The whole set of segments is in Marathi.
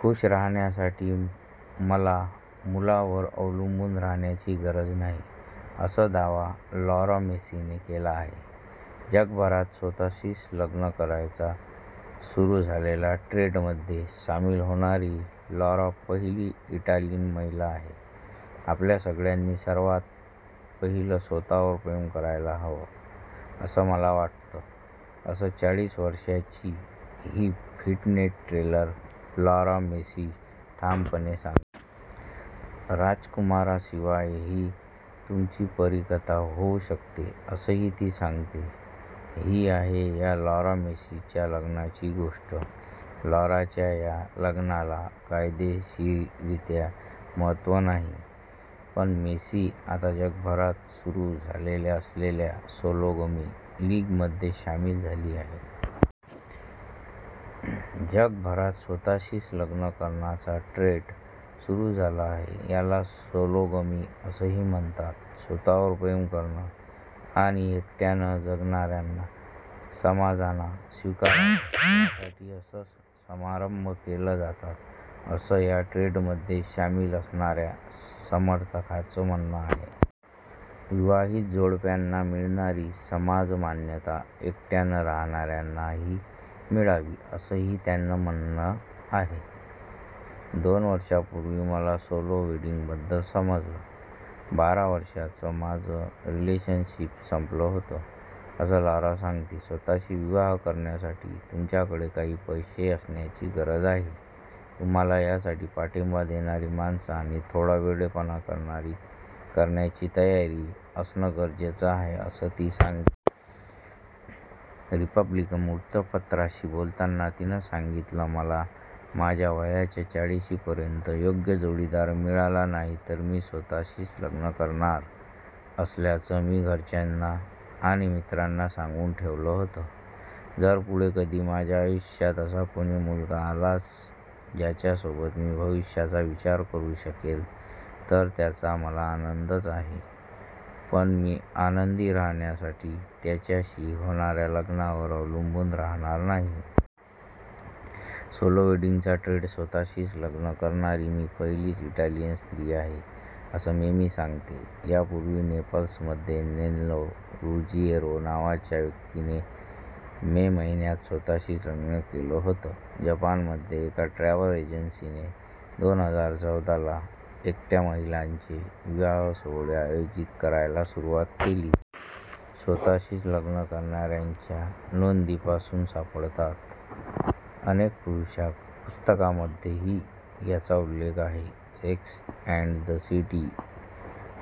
खूश राहण्यासाठी मला मुलावर अवलंबून राहण्याची गरज नाही, असं दावा लॉरा मेसीने केला आहे. जगभरात स्वत:शीच लग्न करायचा सुरू झालेला ट्रेंडमध्ये सामील होणारी लॉरा पहिली इटालीय महिला आहे. आपण सगळ्यांनी सर्वांत पहिलं स्वत:वर प्रेम करायला हवं, असं मला वाटतं, असं चाळीस वर्षांची ही फिटनेट ट्रेनर लॉरा मेसी ठामपणे सांगते. राजकुमारशिवायही तुमची परीकथा होऊ शकते, असंही ती सांगते. ही आहे या लॉरा मेसीच्या लग्नाची गोष्ट. लॉराच्या या लग्नाला कायदेशीररित्या महत्त्व नाही. पण मेसी आता जगभरात सुरू झालेल्या असलेल्या सोलोगमी लीगमध्ये सामील झाली आहे. जगभरात स्वत:शीच लग्न करण्याचा ट्रेंड सुरू झाला आहे. याला सोलोगमी असंही म्हणतात. स्वतःवर प्रेम करणं आणि एकट्यानं जगणाऱ्यांना समाजानं स्वीकारावं यासाठी असे समारंभ केले जातात, असं या ट्रेंडमध्ये सामील असणाऱ्या समर्थकांचं म्हणणं आहे. विवाहित जोडप्यांना मिळणारी समाजमान्यता एकट्यानं राहणाऱ्यांनाही मिळावी, असंही त्यांचं म्हणणं आहे. दोन वर्षांपूर्वी मला सोलो वेडिंगबद्दल समजलं. बारा वर्षांचं माझं रिलेशनशिप संपलं होतं, असं लॉरा सांगते. स्वत:शी विवाह करण्यासाठी, तुमच्याकडे काही पैसे असण्याची गरज आहे, तुम्हाला यासाठी पाठिंबा देणारी माणसं आणि थोडा वेडेपणा करण्याची तयारी असणं गरजेचं आहे, असं ती सांगते. रिपब्लिक वृत्तपत्राशी बोलताना तिनं सांगितलं, मला माझ्या वयाच्या चाळिशीपर्यंत योग्य जोडीदार मिळाला नाही तर मी स्वतःशीच लग्न करणार असल्याचं मी घरच्यांना आणि मित्रांना सांगून ठेवलं होतं. जर पुढे कधी माझ्या आयुष्यात असा कोणी मुलगा आलाच ज्याच्यासोबत मी भविष्याचा विचार करू शकेन, तर त्याचा मला आनंदच आहे, पण मी आनंदी राहण्यासाठी त्याच्याशी होणाऱ्या लग्नावर अवलंबून राहणार नाही. सोलो वेडिंगचा ट्रेंड स्वत:शीच लग्न करणारी मी पहिलीच इटालियन स्त्री आहे, असं मेसी सांगते. यापूर्वी नेपल्समध्ये नेल्लो रुजिएरो नावाच्या व्यक्तीने मे महिन्यात स्वत:शीच लग्न केलं होतं. जपानमध्ये, एका ट्रॅव्हल एजन्सीने दोन हजार चौदाला एकट्या महिलांचे विवाह सोहळे आयोजित करायला सुरुवात केली. स्वतःशीच लग्न करणाऱ्यांच्या नोंदी पासून सापडतात. अनेक पुस्तकांमध्येही याचा उल्लेख आहे. सेक्स अँड द सिटी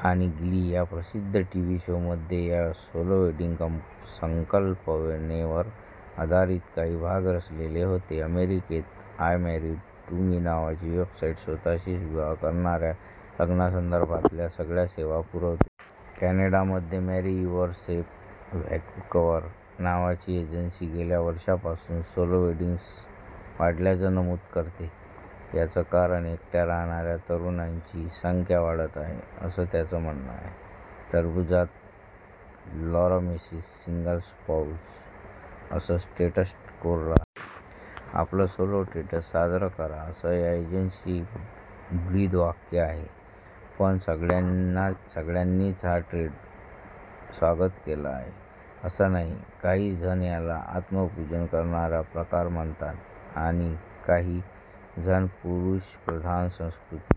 आणि ग्ली या प्रसिद्ध टीव्ही शोमध्येही या सोलो वेडिंग संकल्पनेवर आधारित काही भाग रचलेले होते. अमेरिकेत, आय मॅरीड टू मी नावाची वेबसाईट स्वत:शीच विवाह करणाऱ्यांना लग्नासंदर्भातल्या सगळ्या सेवा पुरवते. कॅनडामध्ये मॅरी युव्हरसेफ व्हँकुव्हर नावाची एजन्सी गेल्या वर्षापासून सोलो वेडिंग वाढल्याचं नमूद करते. याचं कारण एकट्या राहणाऱ्या तरुणांची संख्या वाढते आहे, असं त्यांचं म्हणणं आहे. टरबूजात लॉरा मेसीचं सिंगल स्पॉउज असं स्टेटस कोरलं आहे. आपलं सोलो स्टेटस साजरं करा असं या एजन्सी ब्रीदवाक्य आहे. पण सगळ्यांनीच या ट्रेंडचं स्वागत केलं आहे, असं नाही. काही जणं याला आत्मपूजन करण्याचा प्रकार म्हणतात आणि काही जण पुरुषप्रधान संस्कृतीच्या